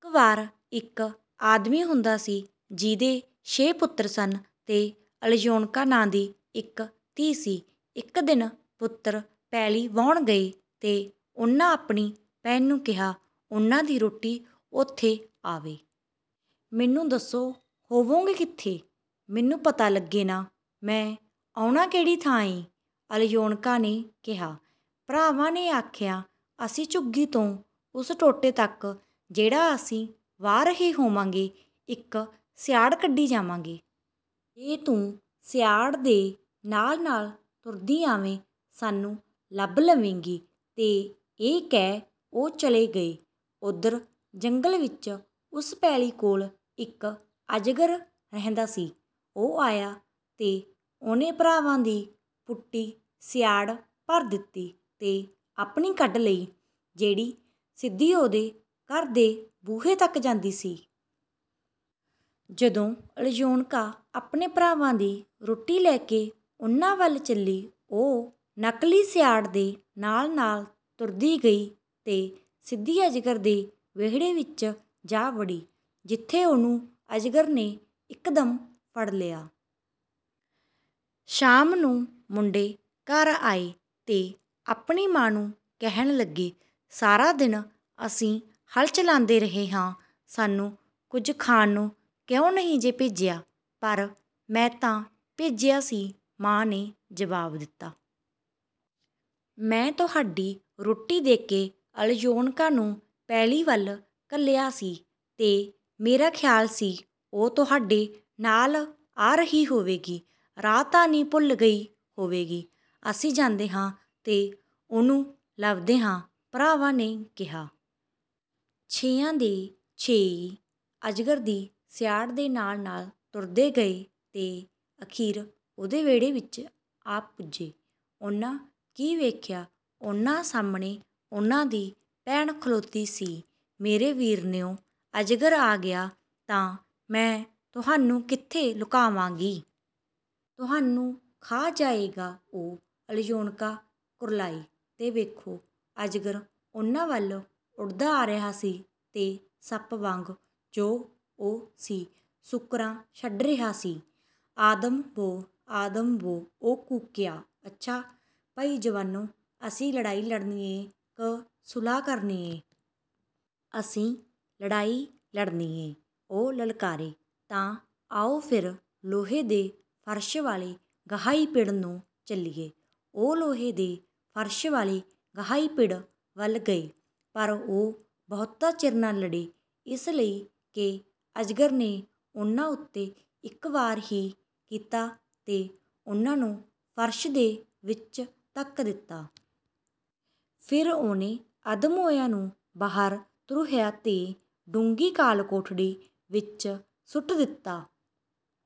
ਇੱਕ ਵਾਰ ਇੱਕ ਆਦਮੀ ਹੁੰਦਾ ਸੀ, ਜਿਹਦੇ ਛੇ ਪੁੱਤਰ ਸਨ ਤੇ ਅਲਯੋਨਕਾ ਨਾਂ ਦੀ ਇੱਕ ਧੀ ਸੀ। ਇੱਕ ਦਿਨ ਪੁੱਤਰ ਪੈਲੀ ਵਾਹੁਣ ਗਏ ਤੇ ਉਹਨਾਂ ਆਪਣੀ ਭੈਣ ਨੂੰ ਕਿਹਾ, ਉਹਨਾਂ ਦੀ ਰੋਟੀ ਓਥੇ ਆਵੇ। “ਮੈਨੂੰ ਦੱਸੋ, ਹੋਵੋਗੇ ਕਿੱਥੇ? ਮੈਨੂੰ ਪਤਾ ਲੱਗੇ ਨਾ, ਮੈਂ ਆਉਣਾ ਕਿਹੜੀ ਥਾਂ ਏ,” ਅਲਯੋਨਕਾ ਨੇ ਕਿਹਾ। ਭਰਾਵਾਂ ਨੇ ਆਖਿਆ, “ਅਸੀਂ ਝੁੱਗੀ ਤੋਂ ਉਸ ਟੋਟੇ ਤੱਕ, ਜਿਹੜਾ ਅਸੀਂ ਵਾਹ ਰਹੇ ਹੋਵਾਂਗੇ, ਇੱਕ ਸਿਆੜ ਕੱਢੀ ਜਾਵਾਂਗੇ। ਜੇ ਤੂੰ ਸਿਆੜ ਦੇ ਨਾਲ-ਨਾਲ ਤੁਰਦੀ ਆਵੇਂ, ਸਾਨੂੰ ਲੱਭ ਲਵੇਂਗੀ।” ਤੇ ਇਹ ਕਹਿ ਉਹ ਚਲੇ ਗਏ। ਓਧਰ ਜੰਗਲ ਵਿੱਚ ਉਸ ਪੈਲੀ ਕੋਲ, ਇੱਕ ਅਜਗਰ ਰਹਿੰਦਾ ਸੀ। ਉਹ ਆਇਆ ਤੇ ਉਹਨੇ ਭਰਾਵਾਂ ਦੀ ਪੁੱਟੀ ਸਿਆੜ ਭਰ ਦਿੱਤੀ ਤੇ ਆਪਣੀ ਕੱਢ ਲਈ, ਜਿਹੜੀ ਸਿੱਧੀ ਉਹਦੇ ਘਰ ਦੇ ਬੂਹੇ ਤੱਕ ਜਾਂਦੀ ਸੀ। ਜਦੋਂ ਅਲਯੋਨਕਾ ਆਪਣੇ ਭਰਾਵਾਂ ਦੀ ਰੋਟੀ ਲੈ ਕੇ ਉਹਨਾਂ ਵੱਲ ਚੱਲੀ, ਉਹ ਨਕਲੀ ਸਿਆੜ ਦੇ ਨਾਲ-ਨਾਲ ਤੁਰਦੀ ਗਈ ਤੇ ਸਿੱਧੀ ਅਜਗਰ ਦੇ ਵਿਹੜੇ ਵਿੱਚ ਜਾ ਵੜੀ, ਜਿੱਥੇ ਉਹਨੂੰ ਅਜਗਰ ਨੇ ਇੱਕਦਮ ਫੜ ਲਿਆ। ਸ਼ਾਮ ਨੂੰ ਮੁੰਡੇ ਘਰ ਆਏ ਤੇ ਆਪਣੀ ਮਾਂ ਨੂੰ ਕਹਿਣ ਲੱਗੇ, “ਸਾਰਾ ਦਿਨ ਅਸੀਂ ਹਲ ਚਲਾਂਦੇ ਰਹੇ ਹਾਂ। ਸਾਨੂੰ ਕੁਝ ਖਾਣ ਨੂੰ ਕਿਉਂ ਨਹੀਂ ਜੇ ਭੇਜਿਆ?” “ਪਰ ਮੈਂ ਤਾਂ ਭੇਜਿਆ ਸੀ,” ਮਾਂ ਨੇ ਜਵਾਬ ਦਿੱਤਾ। “ਮੈਂ ਤੁਹਾਡੀ ਰੋਟੀ ਦੇ ਕੇ ਅਲਯੋਨਕਾ ਨੂੰ ਪੈਲੀ ਵੱਲ ਘੱਲਿਆ ਸੀ ਤੇ ਮੇਰਾ ਖ਼ਿਆਲ ਸੀ, ਉਹ ਤੁਹਾਡੇ ਨਾਲ ਆ ਰਹੀ ਹੋਵੇਗੀ। ਰਾਹ ਤਾਂ ਨਹੀਂ ਭੁੱਲ ਗਈ ਹੋਵੇਗੀ?” “ਅਸੀਂ ਜਾਂਦੇ ਹਾਂ ਤੇ ਉਹਨੂੰ ਲੱਭਦੇ ਹਾਂ,” ਭਰਾਵਾਂ ਨੇ ਕਿਹਾ। ਛੇਆਂ ਦੇ ਛੇਏਂ ਅਜਗਰ ਦੀ ਸਿਆੜ ਦੇ ਨਾਲ-ਨਾਲ ਤੁਰਦੇ ਗਏ ਤੇ ਅਖ਼ੀਰ ਉਹਦੇ ਵਿਹੜੇ ਵਿੱਚ ਆ ਪੁੱਜੇ। ਉਹਨਾਂ ਕੀ ਵੇਖਿਆ? ਉਹਨਾਂ ਸਾਹਮਣੇ ਉਹਨਾਂ ਦੀ ਭੈਣ ਖਲੋਤੀ ਸੀ। “ਮੇਰੇ ਵੀਰਨਿਓ, ਅਜਗਰ ਆ ਗਿਆ ਤਾਂ ਮੈਂ ਤੁਹਾਨੂੰ ਕਿੱਥੇ ਲੁਕਾਵਾਂਗੀ? ਤੁਹਾਨੂੰ ਖਾ ਜਾਏਗਾ ਉਹ!” ਅਲਯੋਨਕਾ ਕੁਰਲਾਈ। ਤੇ ਵੇਖੋ! ਅਜਗਰ ਉਹਨਾਂ ਵੱਲ ਉੱਡਦਾ ਆ ਰਿਹਾ ਸੀ ਤੇ ਸੱਪ ਵਾਂਗ, ਜੋ ਉਹ ਸੀ, ਸੂਕਰਾਂ ਛੱਡ ਰਿਹਾ ਸੀ। “ਆਦਮ ਬੋ! ਆਦਮ ਬੋ!” ਉਹ ਕੂਕਿਆ। “ਅੱਛਾ ਭਈ ਜਵਾਨੋ, ਅਸੀਂ ਲੜਾਈ ਲੜਨੀ ਏ ਕਿ ਸੁਲਾਹ ਕਰਨੀ ਏ?” “ਅਸੀਂ ਲੜਾਈ ਲੜਨੀ ਏ!” ਉਹ ਲਲਕਾਰੇ। “ਤਾਂ ਆਓ ਫਿਰ ਲੋਹੇ ਦੇ ਫ਼ਰਸ਼ ਵਾਲੇ ਗਹਾਈ-ਪਿੜ ਨੂੰ ਚੱਲੀਏ।” ਉਹ ਲੋਹੇ ਦੇ ਫ਼ਰਸ਼ ਵਾਲੇ ਗਹਾਈ-ਪਿੜ ਵੱਲ ਗਏ, ਪਰ ਉਹ ਬਹੁਤਾ ਚਿਰ ਨਾ ਲੜੇ। ਇਸ ਲਈ ਕਿ ਅਜਗਰ ਨੇ ਉਹਨਾਂ ਉੱਤੇ ਇੱਕ ਵਾਰ ਹੀ ਕੀਤਾ ਤੇ ਉਹਨਾਂ ਨੂੰ ਫ਼ਰਸ਼ ਦੇ ਵਿੱਚ ਧੱਕ ਦਿੱਤਾ। ਫਿਰ ਉਹਨੇ ਅੱਧ-ਮੋਇਆਂ ਨੂੰ ਬਾਹਰ ਧਰੂਹਿਆ ਤੇ ਡੂੰਘੀ ਕਾਲ-ਕੋਠੜੀ ਵਿੱਚ ਸੁੱਟ ਦਿੱਤਾ।